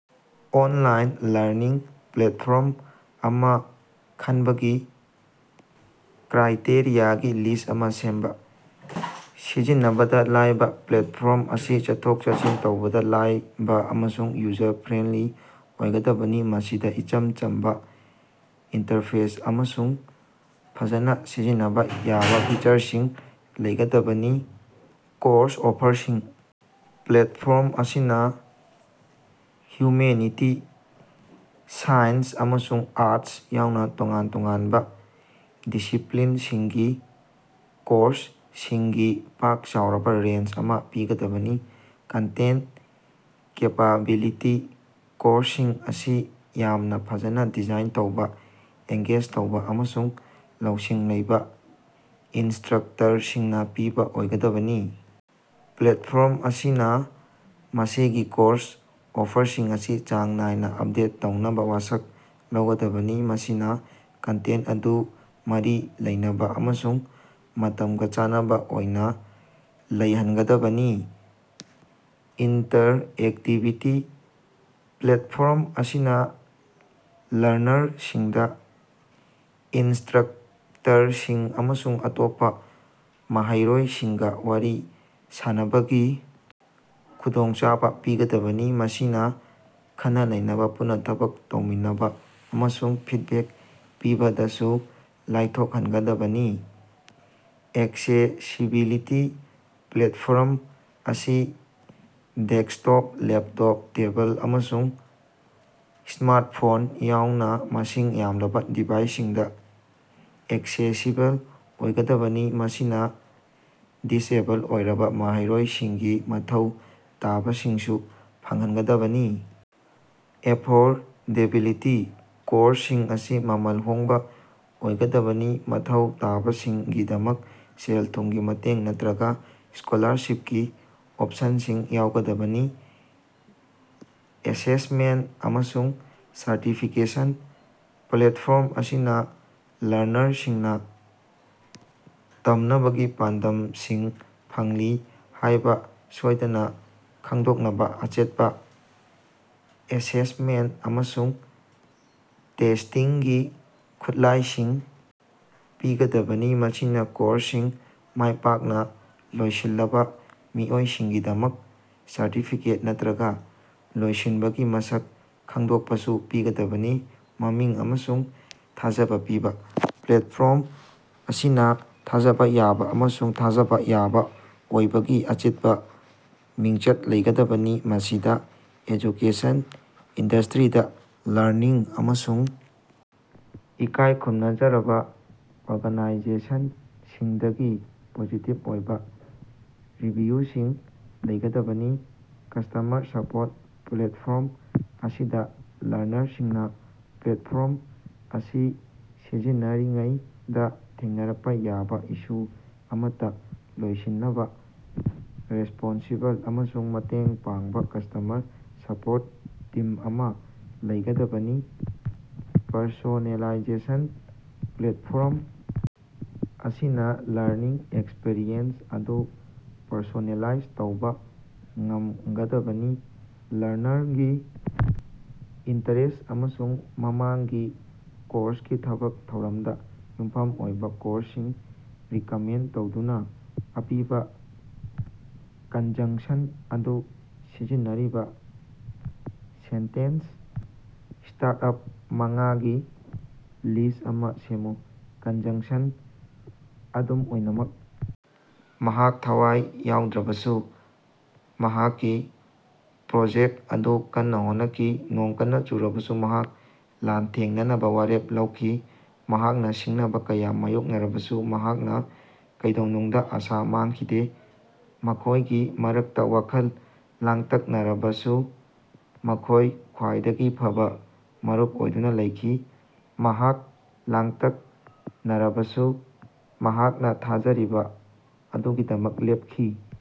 Online learning platform ꯑꯃ ꯈꯟꯕꯒꯤ ꯀ꯭ꯔꯥꯏꯇꯦꯔꯤꯌꯥꯒꯤ ꯂꯤꯁ꯭ꯠ ꯑꯃ ꯁꯦꯝꯕ꯫ ꯁꯤꯖꯤꯟꯅꯕꯗꯥ ꯂꯥꯏꯕ - ꯄ꯭ꯂꯦꯠꯐꯣꯔꯝ ꯑꯁꯤ ꯆꯠꯊꯣꯛ-ꯆꯠꯁꯤꯟ ꯇꯧꯕꯗ ꯂꯥꯏꯕ ꯑꯃꯁꯨꯡ ꯌꯨꯖꯔ-ꯐ꯭ꯔꯦꯟꯗꯂꯤ ꯑꯣꯏꯒꯗꯕꯅꯤ꯫ ꯃꯁꯤꯗ ꯏꯆꯝ ꯆꯝꯕ ꯏꯟꯇꯔꯐꯦꯁ ꯑꯃꯁꯨꯡ ꯐꯖꯅꯥ ꯁꯤꯖꯤꯟꯅꯕꯥ ꯌꯥꯕ ꯐꯤꯆꯔꯁꯤꯡ ꯂꯩꯒꯗꯕꯅꯤ꯫ ꯀꯣꯔꯁ ꯑꯣꯐꯔꯁꯤꯡ - ꯄ꯭ꯂꯦꯠꯐꯣꯝ ꯑꯁꯤꯅ ꯍ꯭ꯌꯨꯃꯦꯅꯤꯇꯤ, ꯁꯥꯏꯟꯁ, ꯑꯃꯁꯨꯡ ꯑꯥꯔꯇꯁ ꯌꯥꯎꯅ ꯇꯣꯉꯥꯟ ꯇꯣꯉꯥꯟꯕ ꯗꯤꯁꯤꯄ꯭ꯂꯤꯟꯁꯤꯡꯒꯤ ꯀꯣꯔꯁꯁꯤꯡꯒꯤ ꯄꯥꯛ ꯆꯥꯎꯔꯕ ꯔꯦꯟꯖ ꯑꯃ ꯄꯤꯒꯗꯕꯅꯤ꯫ ꯀꯟꯇꯦꯟꯇ ꯀꯦꯄꯥꯕꯤꯂꯤꯇꯤ - ꯀꯣꯔꯁꯁꯤꯡ ꯑꯁꯤ ꯌꯥꯝꯅ ꯐꯖꯅ‌ ꯗꯤꯖꯥꯏꯟ ꯇꯧꯕ, ꯑꯦꯡꯒꯦꯖ ꯇꯧꯕ, ꯑꯃꯁꯨꯡ ꯂꯧꯁꯤꯡ ꯂꯩꯕ ꯏꯟꯁꯇ꯭ꯔꯛꯇꯔꯁꯤꯡꯅ ꯄꯤꯕ ꯑꯣꯏꯒꯗꯕꯅꯤ꯫ ꯄ꯭ꯂꯦꯠꯐꯣꯝ ꯑꯁꯤꯅ ꯃꯁꯤꯒꯤ ꯀꯣꯔꯁ ꯑꯣꯐꯔꯁꯤꯡ ꯑꯁꯤ ꯆꯥꯡ ꯅꯥꯏꯅ ꯑꯞꯗꯦꯠ ꯇꯧꯅꯕ ꯋꯥꯁꯛ ꯂꯧꯒꯗꯕꯅꯤ, ꯃꯁꯤꯅ ꯀꯟꯇꯦꯟꯇ ꯑꯗꯨ ꯃꯔꯤ ꯂꯩꯅꯕ ꯑꯃꯁꯨꯡ ꯃꯇꯝꯒ ꯆꯥꯟꯅꯕ ꯑꯣꯏꯅ ꯂꯩꯍꯟꯒꯗꯕꯅꯤ꯫ ꯏꯟꯇꯔꯑꯦꯛꯇꯤꯕꯤꯇꯤ - ꯄ꯭ꯂꯦꯠꯐꯣꯔꯝ ꯑꯁꯤꯅ ꯂꯔꯅꯔꯁꯤꯡꯗ ꯏꯟꯁꯇ꯭ꯔꯛꯇꯔꯁꯤꯡ ꯑꯃꯁꯨꯡ ꯑꯇꯣꯞꯄ ꯃꯍꯩꯔꯣꯏꯁꯤꯡꯒ ꯋꯥꯔꯤ ꯁꯥꯅꯕꯒꯤ ꯈꯨꯗꯣꯡꯆꯥꯕ ꯄꯤꯒꯗꯕꯅꯤ꯫ ꯃꯁꯤꯅ ꯈꯟꯅ-ꯅꯩꯅꯕꯥ, ꯄꯨꯟꯅ ꯊꯕꯛ ꯇꯧꯃꯤꯟꯅꯕꯥ ꯑꯃꯁꯨꯡ ꯐꯤꯗꯕꯦꯛ ꯄꯤꯕꯗꯁꯨ ꯂꯥꯏꯊꯣꯛꯍꯟꯒꯗꯕꯅꯤ꯫ ꯑꯦꯛꯁꯦꯁꯤꯕꯤꯂꯤꯇꯤ - ꯄ꯭ꯂꯦꯠꯐꯣꯔꯝ ꯑꯁꯤ ꯗꯦꯁ꯭ꯛꯇꯣꯞ, ꯂꯦꯞꯇꯣꯞ, ꯇꯦꯕꯜ, ꯑꯃꯁꯨꯡ ꯁ꯭ꯃꯥꯔꯇꯐꯣꯟ ꯌꯥꯎꯅ ꯃꯁꯤꯡ ꯌꯥꯝꯂꯕ ꯗꯤꯚꯥꯏꯁꯁꯤꯡꯗ ꯑꯦꯛꯁꯦꯁꯤꯕꯜ ꯑꯣꯏꯒꯗꯕꯅꯤ꯫ ꯃꯁꯤꯅ ꯗꯤꯁꯑꯦꯕꯜ ꯑꯣꯏꯔꯕ ꯃꯍꯩꯔꯣꯏꯁꯤꯡꯒꯤ ꯃꯊꯧ ꯇꯥꯕꯁꯤꯡꯁꯨ ꯐꯪꯍꯟꯒꯗꯕꯅꯤ꯫ ꯑꯦꯐꯣꯔꯗꯦꯕꯤꯂꯤꯇꯤ - ꯀꯣꯔꯁꯁꯤꯡ ꯑꯁꯤ ꯃꯃꯜ ꯍꯣꯡꯕ ꯑꯣꯏꯒꯗꯕꯅꯤ, ꯃꯊꯧ ꯇꯥꯕꯁꯤꯡꯒꯤꯗꯃꯛ ꯁꯦꯜ-ꯊꯨꯝꯒꯤ ꯃꯇꯦꯡ ꯅꯠꯇꯔꯒ ꯁ꯭ꯀꯣꯂꯥꯔꯁꯤꯞꯀꯤ ꯑꯣꯞꯁꯟꯁꯤꯡ ꯌꯥꯎꯒꯗꯕꯅꯤ꯫ ꯑꯦꯁꯦꯁꯃꯦꯟꯇ ꯑꯃꯁꯨꯡ ꯁꯔꯇꯤꯐꯤꯀꯦꯁꯟ - ꯄ꯭ꯂꯦꯠꯐꯣꯝ ꯑꯁꯤꯅ ꯂꯔꯅꯔꯁꯤꯡꯅ ꯇꯝꯅꯕꯒꯤ ꯄꯥꯟꯗꯝꯁꯤꯡ ꯐꯪꯂꯤ ꯍꯥꯏꯕ ꯁꯣꯏꯗꯅ ꯈꯪꯗꯣꯛꯅꯕꯥ ꯑꯆꯦꯠꯄ ꯑꯦꯁꯦꯁꯃꯦꯟꯇ ꯑꯃꯁꯨꯡ ꯇꯦꯁꯇꯤꯡꯒꯤ ꯈꯨꯠꯂꯥꯏꯁꯤꯡ ꯄꯤꯒꯗꯕꯅꯤ꯫ ꯃꯁꯤꯅ ꯀꯣꯔꯁꯁꯤꯡ ꯃꯥꯏꯄꯥꯛꯅ ꯂꯣꯏꯁꯤꯜꯂꯕꯥ ꯃꯤꯑꯣꯏꯁꯤꯡꯒꯤꯗꯃꯛ ꯁꯔꯇꯤꯐꯤꯀꯦꯠ ꯅꯠꯇꯔꯒ ꯂꯣꯏꯁꯤꯟꯕꯒꯤ ꯃꯁꯛ ꯈꯪꯗꯣꯛꯄꯁꯨ ꯄꯤꯒꯗꯕꯅꯤ꯫ ꯃꯃꯤꯡ ꯑꯃꯁꯨꯡ ꯊꯥꯖꯕꯥ ꯄꯤꯕ - ꯄ꯭ꯂꯦꯠꯐꯣꯔꯝ ꯑꯁꯤ ꯊꯥꯖꯕꯥ ꯌꯥꯕ ꯑꯃꯁꯨꯡ ꯊꯥꯖꯕ ꯌꯥꯕ ꯑꯣꯏꯕꯒꯤ ꯑꯆꯦꯠꯄ ꯃꯤꯡꯆꯠ ꯂꯩꯒꯗꯕꯅꯤ꯫ ꯃꯁꯤꯗ ꯑꯦꯖꯨꯀꯦꯁꯟ ꯏꯟꯗ꯭ꯁꯇꯔꯤꯗ ꯂꯔꯅꯤꯡ ꯑꯃꯁꯨꯡ ꯏꯀꯥꯏ ꯈꯨꯝꯅꯖꯔꯕꯥ ꯑꯣꯔꯒꯅꯥꯏꯖꯦꯁꯟꯁꯤꯡꯗꯒꯤ ꯄꯣꯖꯤꯇꯤꯕ ꯑꯣꯏꯕ ꯔꯤꯚꯤꯌꯨꯁꯤꯡ ꯂꯩꯒꯗꯕꯅꯤ꯫ ꯀꯁ꯭ꯇꯃꯔ ꯁꯄꯣꯔꯠ - ꯄ꯭ꯂꯦꯠꯐꯣꯝ ꯑꯁꯤꯗ ꯂꯔꯅꯔꯁꯤꯡꯅ ꯄ꯭ꯂꯦꯠꯐꯣꯝ ꯑꯁꯤ ꯁꯤꯖꯤꯟꯅꯔꯤꯉꯩꯗ ꯊꯦꯡꯅꯔꯛꯄ ꯌꯥꯕ ꯏꯁꯨ ꯑꯃꯠꯇ ꯂꯣꯏꯁꯤꯟꯅꯕ ꯔꯦꯁꯄꯣꯟꯁꯤꯕꯜ ꯑꯃꯁꯨꯡ ꯃꯇꯦꯡ ꯄꯥꯡꯕ ꯀꯁ꯭ꯇꯃꯔ ꯁꯄꯣꯔꯠ ꯇꯤꯝ ꯑꯃ ꯂꯩꯒꯗꯕꯅꯤ꯫ ꯄꯔꯁꯣꯅꯦꯂꯥꯏꯖꯦꯁꯟ - ꯄ꯭ꯂꯦꯠꯐꯣꯝ ꯑꯁꯤꯅ ꯂꯔꯅꯤꯡ ꯑꯦꯛꯁꯄꯤꯔꯤꯑꯦꯟꯁ ꯑꯗꯨ ꯄꯔꯁꯣꯅꯦꯂꯥꯏꯖ ꯇꯧꯕ ꯉꯝꯒꯗꯕꯅꯤ, ꯂꯔꯅꯔꯒꯤ ꯏꯟꯇꯔꯦꯁ꯭ꯠ ꯑꯃꯁꯨꯡ ꯃꯃꯥꯡꯒꯤ ꯀꯣꯔꯁꯀꯤ ꯊꯕꯛ ꯊꯧꯔꯝꯗ ꯌꯨꯝꯐꯝ ꯑꯣꯏꯕ ꯀꯣꯔꯁꯁꯤꯡ ꯔꯤꯀꯃꯦꯟꯗ ꯇꯧꯗꯨꯅ꯫ ꯑꯄꯤꯕ ꯀꯟꯖꯪꯁꯟ ꯑꯗꯨ ꯁꯤꯖꯤꯟꯅꯔꯤꯕ ꯁꯦꯟꯇꯦꯟꯁ ꯁ꯭ꯇꯥꯔꯠꯑꯞ ꯃꯉꯥꯒꯤ ꯂꯤꯁ꯭ꯠ ꯑꯃ ꯁꯦꯝꯃꯨ꯫ ꯀꯟꯖꯪꯁꯟ - ꯑꯗꯨꯝ ꯑꯣꯏꯅꯃꯛ ꯃꯍꯥꯛ ꯊꯋꯥꯏ ꯌꯥꯎꯗ꯭ꯔꯕꯁꯨ ꯃꯍꯥꯛꯀꯤ ꯄ꯭ꯔꯣꯖꯦꯛ ꯑꯗꯨꯗ ꯀꯟꯅ ꯍꯣꯠꯅꯈꯤ꯫ ꯅꯣꯡ ꯀꯟꯅ ꯆꯨꯔꯕꯁꯨ ꯃꯍꯥꯛꯅ ꯂꯥꯟꯊꯦꯡꯅꯅꯕꯥ ꯋꯥꯔꯦꯞ ꯂꯧꯈꯤ꯫ ꯃꯍꯥꯛꯅ ꯁꯤꯡꯅꯕꯥ ꯀꯌꯥ ꯃꯥꯌꯣꯛꯅꯔꯕꯁꯨ ꯃꯍꯥꯛꯅ ꯀꯩꯗꯧꯅꯨꯡꯗ ꯑꯥꯁꯥ ꯃꯥꯡꯈꯤꯗꯦ꯫ ꯃꯈꯣꯏꯒꯤ ꯃꯔꯛꯇ ꯋꯥꯈꯜ ꯂꯥꯡꯇꯛꯅꯔꯕꯁꯨ ꯃꯈꯣꯏ ꯈ꯭ꯋꯥꯏꯗꯒꯤ ꯐꯕꯥ ꯃꯔꯨꯞ ꯑꯣꯏꯗꯨꯅ ꯂꯩꯈꯤ꯫ ꯃꯍꯥꯛ ꯂꯥꯡꯇꯛꯅꯔꯕꯁꯨ ꯃꯍꯥꯛꯅ ꯊꯥꯖꯔꯤꯕ ꯑꯗꯨꯒꯤꯗꯃꯛ ꯂꯦꯞꯈꯤ꯫